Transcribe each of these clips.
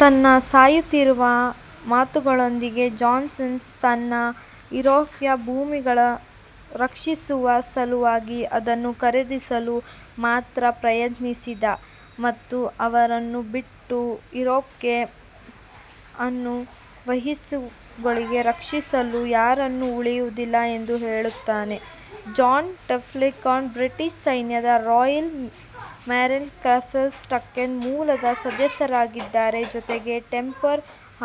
ತನ್ನ ಸಾಯುತ್ತಿರುವ ಮಾತುಗಳೊಂದಿಗೆ, ಜಾನ್ಸನ್ ತಾನು ಇರೊಕ್ವಾಯ್ಸ್ನ ಭೂಮಿಯನ್ನು ರಕ್ಷಿಸುವ ಸಲುವಾಗಿ ಅದನ್ನು ಖರೀದಿಸಲು ಮಾತ್ರ ಪ್ರಯತ್ನಿಸಿದೆ ಮತ್ತು ಅವನನ್ನು ಬಿಟ್ಟು, ಇರೊಕ್ವಾಯ್ಸ್ ಅನ್ನು ವಸಾಹತುಶಾಹಿಗಳಿಂದ ರಕ್ಷಿಸಲು ಯಾರೂ ಉಳಿಯುವುದಿಲ್ಲ ಎಂದು ಹೇಳುತ್ತಾನೆ. ಜಾನ್ ಪಿಟ್ಕೈರ್ನ್ ಬ್ರಿಟಿಷ್ ಸೈನ್ಯದ ರಾಯಲ್ ಮೆರೈನ್ ಕಾರ್ಪ್ಸ್ನ ಸ್ಕಾಟಿಷ್ ಮೂಲದ ಸದಸ್ಯರಾಗಿದ್ದಾರೆ, ಜೊತೆಗೆ ಟೆಂಪ್ಲರ್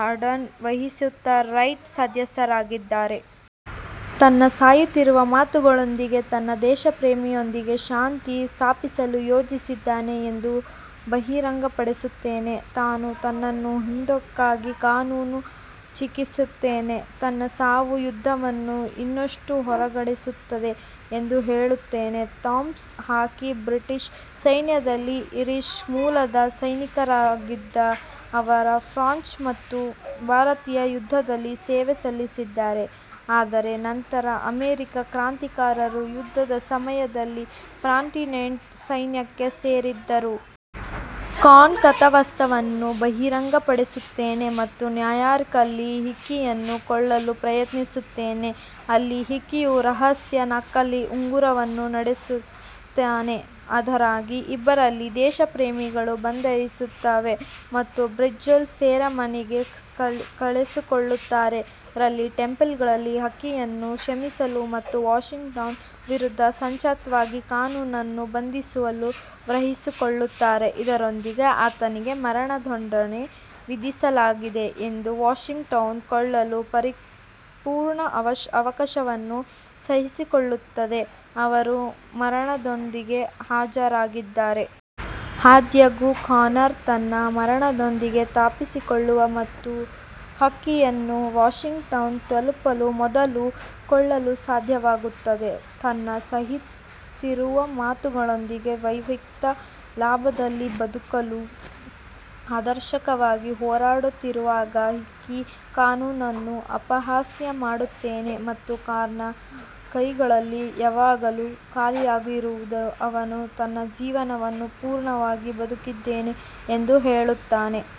ಆರ್ಡರ್ನ ವಸಾಹತುಶಾಹಿ ರೈಟ್ನ ಸದಸ್ಯರಾಗಿದ್ದಾರೆ. ತನ್ನ ಸಾಯುತ್ತಿರುವ ಮಾತುಗಳೊಂದಿಗೆ, ತಾನು ದೇಶಪ್ರೇಮಿಗಳೊಂದಿಗೆ ಶಾಂತಿ ಸ್ಥಾಪಿಸಲು ಯೋಜಿಸಿದ್ದೇನೆ ಎಂದು ಬಹಿರಂಗಪಡಿಸುತ್ತಾನೆ ಮತ್ತು ತನ್ನನ್ನು ಕೊಂದಿದ್ದಕ್ಕಾಗಿ ಕಾನರ್ನನ್ನು ಶಿಕ್ಷಿಸುತ್ತಾನೆ, ತನ್ನ ಸಾವು ಯುದ್ಧವನ್ನು ಇನ್ನಷ್ಟು ಹದಗೆಡಿಸುತ್ತದೆ ಎಂದು ಹೇಳುತ್ತಾನೆ. ಥಾಮಸ್ ಹಿಕಿ ಬ್ರಿಟಿಷ್ ಸೈನ್ಯದಲ್ಲಿ ಐರಿಷ್ ಮೂಲದ ಸೈನಿಕರಾಗಿದ್ದು, ಅವರು ಫ್ರೆಂಚ್ ಮತ್ತು ಭಾರತೀಯ ಯುದ್ಧದಲ್ಲಿ ಸೇವೆ ಸಲ್ಲಿಸಿದ್ದಾರೆ, ಆದರೆ ನಂತರ ಅಮೆರಿಕನ್ ಕ್ರಾಂತಿಕಾರಿ ಯುದ್ಧದ ಸಮಯದಲ್ಲಿ ಕಾಂಟಿನೆಂಟಲ್ ಸೈನ್ಯಕ್ಕೆ ಸೇರಿದರು. ಕಾನರ್ ಕಥಾವಸ್ತುವನ್ನು ಬಹಿರಂಗಪಡಿಸುತ್ತಾನೆ ಮತ್ತು ನ್ಯೂಯಾರ್ಕ್ನಲ್ಲಿ ಹಿಕಿಯನ್ನು ಕೊಲ್ಲಲು ಪ್ರಯತ್ನಿಸುತ್ತಾನೆ, ಅಲ್ಲಿ ಹಿಕಿಯು ರಹಸ್ಯ ನಕಲಿ ಉಂಗುರವನ್ನು ನಡೆಸುತ್ತಾನೆ. ಆದಾಗ್ಯೂ, ಇಬ್ಬರನ್ನೂ ದೇಶಪ್ರೇಮಿಗಳು ಬಂಧಿಸುತ್ತಾರೆ ಮತ್ತು ಬ್ರಿಡ್ವೆಲ್ ಸೆರೆಮನೆಗೆ ಕಳುಹಿಸುತ್ತಾರೆ, ಅಲ್ಲಿ ಟೆಂಪ್ಲರ್ಗಳು ಹಿಕಿಯನ್ನು ಕ್ಷಮಿಸಲು ಮತ್ತು ವಾಷಿಂಗ್ಟನ್ನ ವಿರುದ್ಧದ ಸಂಚುಗಾಗಿ ಕಾನರ್ನನ್ನು ಬಂಧಿಸಲು ನಿರ್ವಹಿಸುತ್ತಾರೆ, ಇದರಿಂದಾಗಿ ಆತನಿಗೆ ಮರಣದಂಡನೆ ವಿಧಿಸಲಾಗುತ್ತದೆ ಮತ್ತು ವಾಷಿಂಗ್ಟನ್ನನ್ನು ಕೊಲ್ಲಲು ಪರಿಪೂರ್ಣ ಅವಕಾಶವನ್ನು ಸೃಷ್ಟಿಸುತ್ತದೆ, ಅವರು ಮರಣದಂಡನೆಗೆ ಹಾಜರಾಗಲಿದ್ದಾರೆ. ಆದಾಗ್ಯೂ, ಕಾನರ್ ತನ್ನ ಮರಣದಂಡನೆಯಿಂದ ತಪ್ಪಿಸಿಕೊಳ್ಳಲು ಮತ್ತು ಹಿಕ್ಕಿಯನ್ನು ವಾಷಿಂಗ್ಟನ್ಗೆ ತಲುಪುವ ಮೊದಲು ಕೊಲ್ಲಲು ಸಾಧ್ಯವಾಗುತ್ತದೆ. ತನ್ನ ಸಾಯುತ್ತಿರುವ ಮಾತುಗಳಿಂದ, ವೈಯಕ್ತಿಕ ಲಾಭದ ಬದಲು ಆದರ್ಶಗಳಿಗಾಗಿ ಹೋರಾಡುತ್ತಿರುವುದಕ್ಕಾಗಿ ಹಿಕ್ಕಿ ಕಾನರ್ನನ್ನು ಅಪಹಾಸ್ಯ ಮಾಡುತ್ತಾನೆ ಮತ್ತು ಕಾನರ್ನ ಕೈಗಳು ಯಾವಾಗಲೂ ಖಾಲಿಯಾಗಿದ್ದರೂ, ಅವನು ತನ್ನ ಜೀವನವನ್ನು ಪೂರ್ಣವಾಗಿ ಬದುಕಿದ್ದಾನೆ ಎಂದು ಹೇಳುತ್ತಾನೆ.